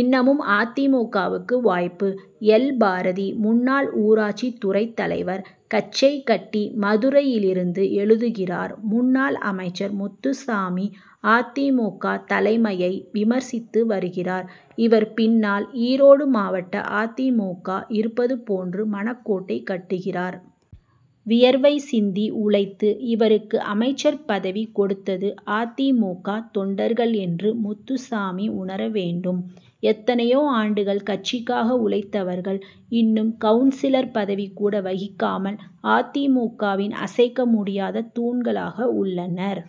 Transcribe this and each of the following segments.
இன்னமும் அ. தி. மு. க.வுக்கு வாய்ப்பு! எல். பாரதி, முன்னாள் ஊராட்சி துறைத்தலைவர், கச்சைகட்டி, மதுரையிலிருந்து எழுதுகிறார் முன்னாள் அமைச்சர் முத்துசாமி, அ. தி. மு. க. தலைமையை விமர்சித்து வருகிறார். இவர் பின்னால், ஈரோடு மாவட்ட அ. தி. மு. க. இருப்பது போன்று மனக்கோட்டை கட்டுகிறார். வியர்வை சிந்தி உழைத்து இவருக்கு அமைச்சர் பதவி கொடுத்தது, அ. தி. மு. க. தொண்டர்கள் என்று, முத்துசாமி உணர வேண்டும். எத்தனையோ ஆண்டுகள் கட்சிக்காக உழைத்தவர்கள், இன்னும் கவுன்சிலர் பதவி கூட வகிக்காமல், அ. தி. மு. க.வின் அசைக்க முடியாத தூண்களாக உள்ளனர்.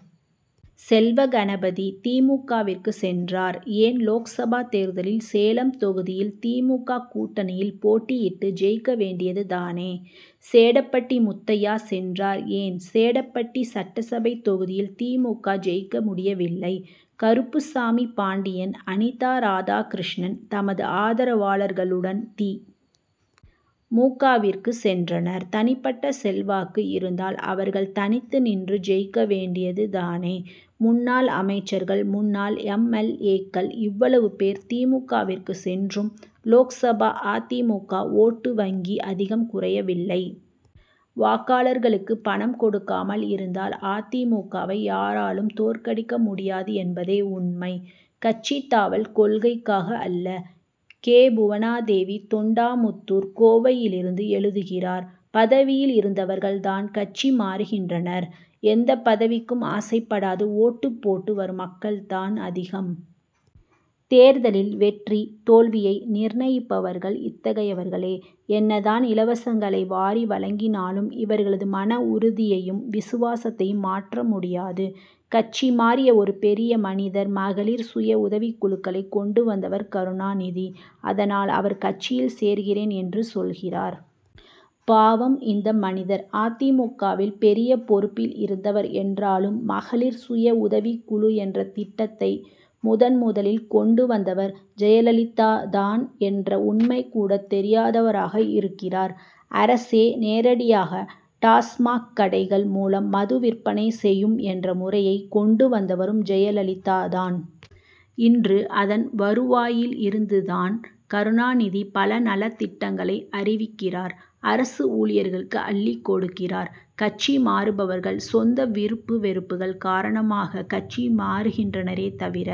செல்வகணபதி, தி. மு. க. விற்கு சென்றார் ஏன்லோக்சபா தேர்தலில், சேலம் தொகுதியில், தி. மு. க. கூட்டணியில் போட்டியிட்டு, ஜெயிக்க வேண்டியது தானே! சேடபட்டி முத்தையா சென்றார் ஏன், சேடபட்டி சட்டசபை தொகுதியில், தி. மு. க. ஜெயிக்க முடியவில்லை? கருப்புசாமி பாண்டியன், அனிதா ராதாகிருஷ்ணன் தமது ஆதரவாளர்களுடன், தி. மு. க.விற்கு சென்றனர். தனிபட்ட செல்வாக்கு இருந்தால், அவர்கள் தனித்து நின்று ஜெயிக்க வேண்டியது தானே! முன்னாள் அமைச்சர்கள், முன்னாள் எம். எல். ஏ.க்கள், இவ்வளவு பேர் தி. மு. க. விற்கு சென்றும், லோக்சபா அ. தி. மு. க. ஓட்டு வங்கி, அதிகம் குறையவில்லை. வாக்காளர்களுக்கு பணம் கொடுக்காமல் இருந்தால், அ. தி. மு. க.வை யாராலும் தோற்கடிக்க முடியாது என்பதே உண்மை. கட்சி தாவல் கொள்கைக்காக அல்ல! கே. புவனாதேவி, தொண்டாமுத்தூர், கோவையிலிருந்து எழுதுகிறார் பதவியில் இருந்தவர்கள் தான் கட்சி மாறுகின்றனர். எந்தப் பதவிக்கும் ஆசைப்படாது ஓட்டுப் போட்டு வரும் மக்கள் தான் அதிகம். தேர்தலில் வெற்றி, தோல்வியை நிர்ணயிப்பவர்கள் இத்தகையவர்களே. என்ன தான் இலவசங்களை வாரி வழங்கினாலும், இவர்களது மன உறுதியையும், விசுவாசத்தையும் மாற்ற முடியாது. கட்சி மாறிய ஒரு பெரிய மனிதர், மகளிர் சுய உதவிக் குழுக்களைக் கொண்டு வந்தவர் கருணாநிதி. அதனால், அவர் கட்சியில் சேர்கிறேன் என்று சொல்கிறார். பாவம்இந்த மனிதர் அ. தி. மு. க. வில் பெரிய பொறுப்பில் இருந்தவர் என்றாலும், மகளிர் சுயஉதவிக் குழு என்ற திட்டத்தை முதன்முதலில் கொண்டு வந்தவர் ஜெயலலிதா தான் என்ற உண்மை கூட தெரியாதவராக இருக்கிறார். அரசே நேரடியாக டாஸ் மாக் கடைகள் மூலம் மது விற்பனை செயும் என்ற முறையை கொண்டு வந்தவரும் ஜெயலலிதா தான். இன்று அதன் வருவாயில் இருந்து தான், கருணாநிதி பல நலத்திட்டங்களை அறிவிக்கிறார். அரசு ஊழியர்களுக்கு அள்ளிக் கொடுக்கிறார். கட்சி மாறுபவர்கள், சொந்த, விருப்பு வெறுப்புகள் காரணமாக கட்சி மாறுகின்றனரே தவிர,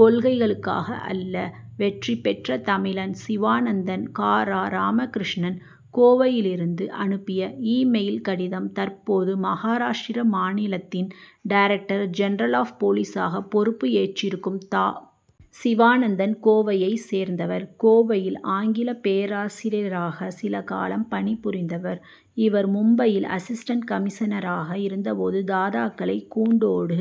கொள்கைகளுக்காக அல்ல. வெற்றி பெற்ற தமிழன் சிவானந்தன் கா. ரா. ராமகிருஷ்ணன், கோவையிலிருந்து அனுப்பிய, இ-மெயில் கடிதம் தற்போது, மகாராஷ்டிர மாநிலத்தின் டைரக்டர் ஜெனரல் ஆப் போலீசாக பொறுப்பு ஏற்றிருக்கும் தா. சிவானந்தன், கோவையைச் சேர்ந்தவர். கோவையில், ஆங்கில பேராசிரியராக சில காலம் பணிபுரிந்தவர். இவர் மும்பையில், அசிஸ்டன்ட் கமிஷனராக இருந்த போது, தாதாக்களை கூண்டோடு